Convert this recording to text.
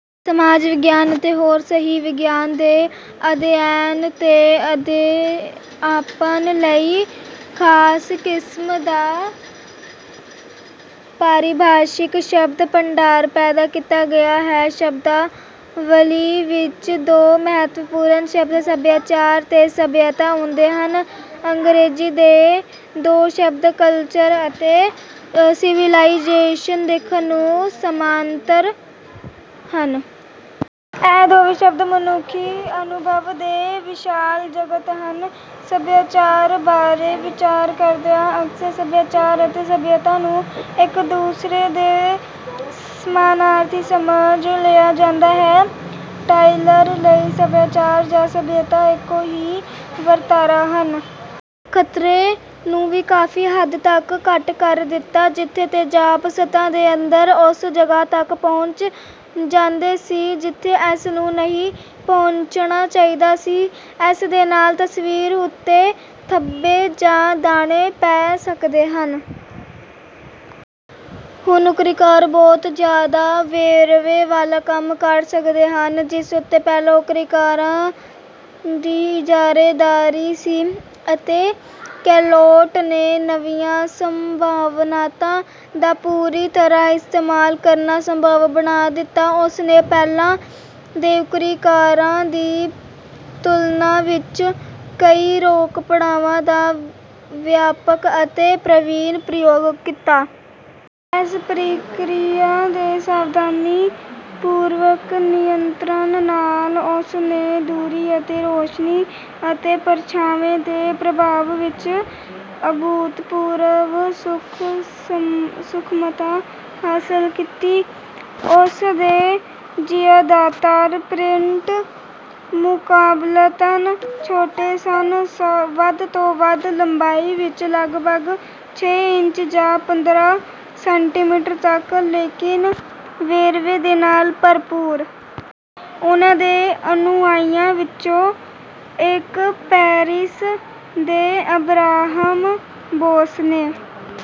ਸਮਾਜ ਵਿਗਿਆਨ ਅਤੇ ਹੋਰ ਸਹਿ-ਵਿਗਿਆਨ ਦੇ ਅਧਿਐਨ ਤੇ ਅਧਿਆਪਨ ਲਈ ਖਾਸ ਕਿਸਮ ਦਾ ਪਾਰਿਭਾਸ਼ਿਕ ਸ਼ਬਦ-ਭੰਡਾਰ ਪੈਦਾ ਕੀਤਾ ਗਿਆ ਹੈ। ਸ਼ਬਦਾਵਲੀ ਵਿੱਚ ਦੋ ਮਹੱਤਵਪੂਰਨ ਸ਼ਬਦ "ਸੱਭਿਆਚਾਰ" ਤੇ "ਸੱਭਿਅਤਾ" ਆਉਂਦੇ ਹਨ। ਅੰਗਰੇਜ਼ੀ ਦੇ ਦੋ ਸ਼ਬਦ ਕਲਚਰ ਅਤੇ ਸਿਵੀਲਾਈਜੇਸ਼ਨ ਦੇਖਣ ਨੂੰ ਸਮਾਨਾਂਤਰ ਹਨ। ਇਹ ਦੋਵੇਂ ਸ਼ਬਦ ਮਨੁੱਖੀ ਅਨੁਭਵ ਦੇ ਵਿਸ਼ਾਲ ਜਗਤ ਹਨ। ਸੱਭਿਆਚਾਰ ਬਾਰੇ ਵਿਚਾਰ ਕਰਦਿਆਂ ਅਕਸਰ "ਸੱਭਿਆਚਾਰ" ਅਤੇ "ਸੱਭਿਅਤਾ" ਨੂੰ ਇੱਕ ਦੂਸਰੇ ਦੇ ਸਮਾਨਾਰਥੀ ਸਮਝ ਲਿਆ ਜਾਂਦਾ ਹੈ। ਟਾਇਲਰ ਲਈ "ਸੱਭਿਆਚਾਰ" ਜਾਂ "ਸੱਭਿਅਤਾ" ਇੱਕੋ ਹੀ ਵਰਤਾਰਾ ਹਨ। ਖਤਰੇ ਨੂੰ ਵੀ ਕਾਫ਼ੀ ਹੱਦ ਤੱਕ ਘੱਟ ਕਰ ਦਿੱਤਾ, ਜਿੱਥੇ ਤੇਜ਼ਾਬ ਸਤ੍ਹਾ ਦੇ ਅੰਦਰ ਉਸ ਜਗ੍ਹਾ ਤੱਕ ਪਹੁੰਚ ਜਾਂਦੇ ਸੀ ਜਿੱਥੇ ਇਸਨੂੰ ਨਹੀਂ ਪਹੁੰਚਣਾ ਚਾਹੀਦਾ ਸੀ, ਐਸਦੇ ਨਾਲ ਤਸਵੀਰ ਉੱਤੇ ਧੱਬੇ ਜਾਂ ਦਾਣੇ ਪੈ ਸਕਦੇ ਸਨ। ਹੁਣ ਉੱਕਰੀਕਾਰ ਬਹੁਤ ਜ਼ਿਆਦਾ ਵੇਰਵੇ ਵਾਲਾ ਕੰਮ ਕਰ ਸਕਦੇ ਸਨ, ਜਿਸ ਉੱਤੇ ਪਹਿਲਾਂ ਉੱਕਰੀਕਾਰਾਂ ਦੀ ਇਜਾਰੇਦਾਰੀ ਸੀ, ਅਤੇ ਕੈਲੋਟ ਨੇ ਨਵੀਆਂ ਸੰਭਾਵਨਾਵਾਂ ਦਾ ਪੂਰੀ ਤਰ੍ਹਾਂ ਇਸਤੇਮਾਲ ਕਰਨਾ ਸੰਭਵ ਬਣਾ ਦਿੱਤਾ। ਉਸ ਨੇ ਪਹਿਲਾਂ ਦੇ ਉੱਕਰੀਕਾਰਾਂ ਦੀ ਤੁਲਨਾ ਵਿੱਚ ਕਈ "ਰੋਕ-ਪੜਾਵਾਂ" ਦਾ ਵਿਆਪਕ ਅਤੇ ਪ੍ਰਵੀਨ ਪ੍ਰਯੋਗ ਕੀਤਾ। ਇਸ ਪ੍ਰਕਿਰਿਆ ਦੇ ਸਾਵਧਾਨੀਪੂਰਵਕ ਨਿਯੰਤਰਣ ਨਾਲ ਉਸ ਨੇ ਦੂਰੀ ਅਤੇ ਰੋਸ਼ਨੀ ਅਤੇ ਪਰਛਾਵੇਂ ਦੇ ਪ੍ਰਭਾਵ ਵਿੱਚ ਅਭੂਤਪੂਰਵ ਸੂਖਮਤਾ ਹਾਸਲ ਕੀਤੀ। ਉਸ ਦੇ ਜ਼ਿਆਦਾਤਰ ਪ੍ਰਿੰਟ ਮੁਕਾਬਲਤਨ ਛੋਟੇ ਸਨ, ਵੱਧ ਤੋਂ ਵੱਧ ਲੰਬਾਈ ਵਿੱਚ ਲਗਭਗ ਛੇ ਇੰਚ ਜਾਂ ਪੰਦਰਾਂ ਸੈਂਟੀਮੀਟਰ ਤੱਕ, ਲੇਕਿਨ ਵੇਰਵੇ ਦੇ ਨਾਲ ਭਰਪੂਰ। ਉਨ੍ਹਾਂ ਦੇ ਅਨੁਆਈਆਂ ਵਿੱਚੋਂ ਇੱਕ, ਪੈਰਿਸ ਦੇ ਅਬ੍ਰਾਹਮ ਬੋਸ ਨੇ